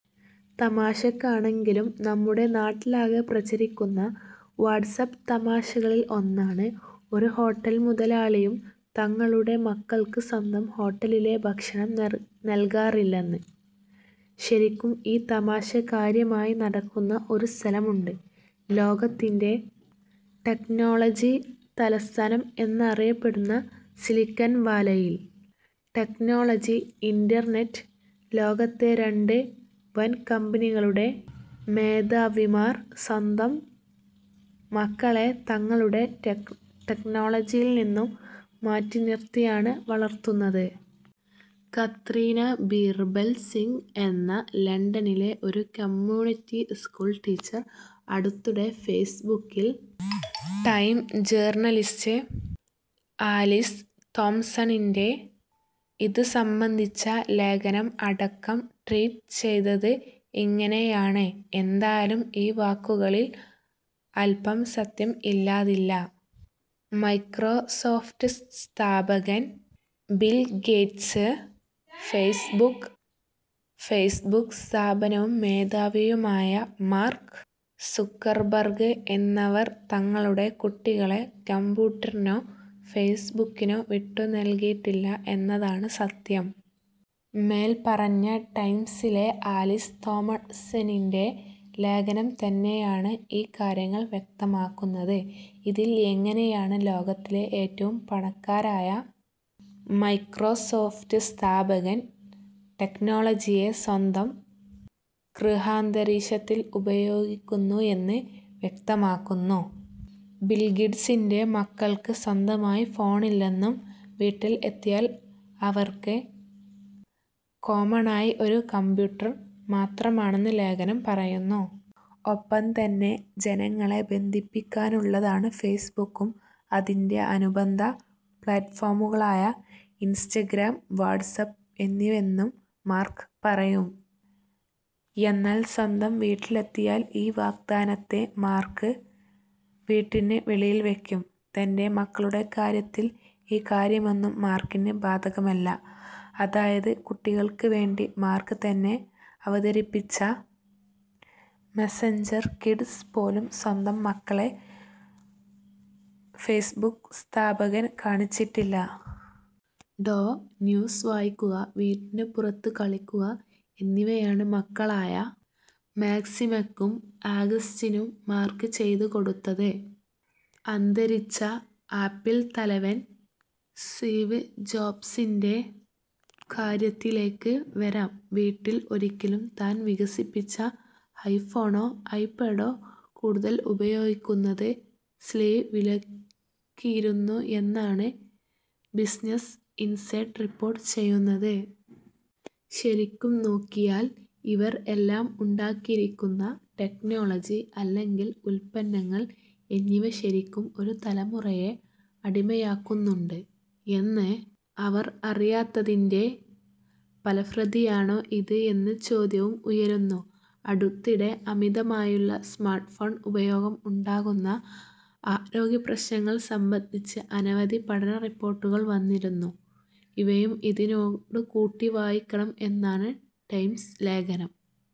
തമാശയ്ക്കാണെങ്കിലും നമ്മുടെ നാട്ടിലൊക്കെ പ്രചരിക്കുന്ന വാട്ട്സ്ആപ്പ് തമാശകളിൽ ഒന്നാണ് ഒരു ഹോട്ടൽ മുതലാളിയും തങ്ങളുടെ മക്കൾക്ക് സ്വന്തം ഹോട്ടലിലെ ഭക്ഷണം നൽകാറില്ലെന്നത്. ശരിക്കും ഈ തമാശകാര്യമായി നടക്കുന്ന ഒരു സ്ഥലമുണ്ട്, ലോകത്തിൻറെ ടെക്നോളജി തലസ്ഥാനം എന്ന് പറയാവുന്ന സിലിക്കൺവാലിയിൽ. ടെക്നോളജി, ഇൻറർനെറ്റ് ലോകത്തെ രണ്ട് വമ്പൻ കമ്പനികളുടെ മേധാവിമാർ സ്വന്തം മക്കളെ തങ്ങളുടെ ടെക്നോളജിയിൽ നിന്നും മാറ്റിനിർത്തിയാണ് വളർത്തുന്നത്. കത്രീന ബീർബൽ സിംഗ് എന്ന ലണ്ടനിലെ ഒരു കമ്യൂണിറ്റി സ്കൂൾ ടീച്ചർ അടുത്തിടെ ഫേസ്ബുക്കിൽ ടൈംസ് ജേർണലിസ്റ്റ് ആലീസ് തോംസണിൻറെ ഇത് സംബന്ധിച്ച ലേഖനം അടക്കം ട്വീറ്റ് ചെയ്തത് ഇങ്ങനെയാണ് എന്തായാലും ഈ വാക്കുകളിൽ അൽപ്പം സത്യം ഇല്ലാതില്ല. മൈക്രോസോഫ്റ്റ് സ്ഥാപകൻ ബിൽ ഗേറ്റ്സ്, ഫേസ്ബുക്ക് സ്ഥാപകനും മേധാവിയുമായ മാർക്ക് സുക്കർബർഗ് എന്നിവർ തങ്ങളുടെ കുട്ടികളെ കമ്പ്യൂട്ടറിനോ ഫേസ്ബുക്കിനോ വിട്ടുനൽകിയിട്ടില്ല എന്നതാണ് സത്യം. മേൽപ്പറഞ്ഞ ടൈംസിലെ ആലീസ് തോംസണിൻറെ ലേഖനം തന്നെയാണ് ഈ കാര്യങ്ങൾ വ്യക്തമാക്കുന്നത്. ഇതിൽ എങ്ങനെയാണ് ലോകത്തിലെ ഏറ്റവും പണക്കാരനായ മൈക്രോസോഫ്റ്റ് സ്ഥാപകൻ ടെക്നോളജിയെ സ്വന്തം ഗൃഹാന്തരീക്ഷത്തിൽ ഉപയോഗിക്കുന്നു എന്ന് വ്യക്തമാക്കുന്നു. ബിൽഗേറ്റ്സിൻറെ മക്കൾക്ക് സ്വന്തമായി ഫോണില്ലെന്നും, വീട്ടിൽ എത്തിയാൽ അവർക്ക് കോമണായി ഒരു കമ്പ്യൂട്ടർ മാത്രമാണെന്ന് ലേഖനം പറയുന്നു. ഒപ്പം തന്നെ ജനങ്ങളെ ബന്ധിപ്പിക്കാനുള്ളതാണ് ഫേസ്ബുക്കും, അതിൻറെ അനുബന്ധ പ്ലാറ്റ്ഫോമുകളായ ഇൻസ്റ്റഗ്രാം, വാട്ട്സ്ആപ്പ് എന്നിവയെന്നും മാർക്ക് പറയും. എന്നാൽ സ്വന്തം വീട്ടിലെത്തിയാൽ ഈ വാദമൊക്കെ മാർക്ക് വീട്ടിന് വെളിയിൽ വയ്ക്കും. തൻറെ മക്കളുടെ കാര്യത്തിൽ ഈ കാര്യമൊന്നും മാർക്കിന് ബാധകമല്ല. അതായത് കുട്ടികൾക്ക് വേണ്ടി മാർക്ക് തന്നെ അവതരിപ്പിച്ച മെസഞ്ചർ കിഡ്സ് പോലും സ്വന്തം മക്കളെ ഫേസ്ബുക്ക് സ്ഥാപകൻ കാണിച്ചിട്ടില്ല. ഡോ. സ്യൂസ് വായിക്കുക, വീട്ടിന് പുറത്ത് കളിക്കുക എന്നിവയാണ് മക്കളായ മാക്സിമയ്ക്കും, ആഗസ്റ്റിനും മാർക്ക് ചെയ്ത് കൊടുക്കുന്നത്. അന്തരിച്ച ആപ്പിൾ തലവൻ സ്റ്റീവ് ജോബ്സിൻറെ കാര്യത്തിലേക്ക് വരാം. വീട്ടിൽ ഒരിക്കലും താൻ വികസിപ്പിച്ച ഐഫോണോ, ഐപാഡോ കൂടുതൽ ഉപയോഗിക്കുന്നത് സ്റ്റീവ് വിലക്കിയിരുന്നു എന്നാണ് ബിസിനസ് ഇൻസൈഡർ റിപ്പോർട്ട് ചെയ്യുന്നത്. ശരിക്കും നോക്കിയാൽ ഇവർ എല്ലാം ഉണ്ടാക്കിയിരിക്കുന്ന ടെക്നോളജി, അല്ലെങ്കിൽ ഉത്പന്നങ്ങൾ എന്നിവ ശരിക്കും ഒരു തലമുറയെ അടിമയാക്കുന്നുണ്ട് എന്ന് അവർ അറിഞ്ഞതിൻറെ ഫലപ്രാപ്തിയാണോ ഇത് എന്ന ചോദ്യവും ഉയരുന്നു. അടുത്തിടെ അമിതമായുള്ള സ്മാർട്ട്ഫോൺ ഉപയോഗം ഉണ്ടാക്കുന്ന ആരോഗ്യപ്രശ്നങ്ങൾ സംബന്ധിച്ച് അനവധി പഠന റിപ്പോർട്ടുകൾ വന്നിരുന്നു ഇവയും ഇതിനോട് കൂട്ടിവായിക്കണം എന്നാണ് ടൈംസ് ലേഖനം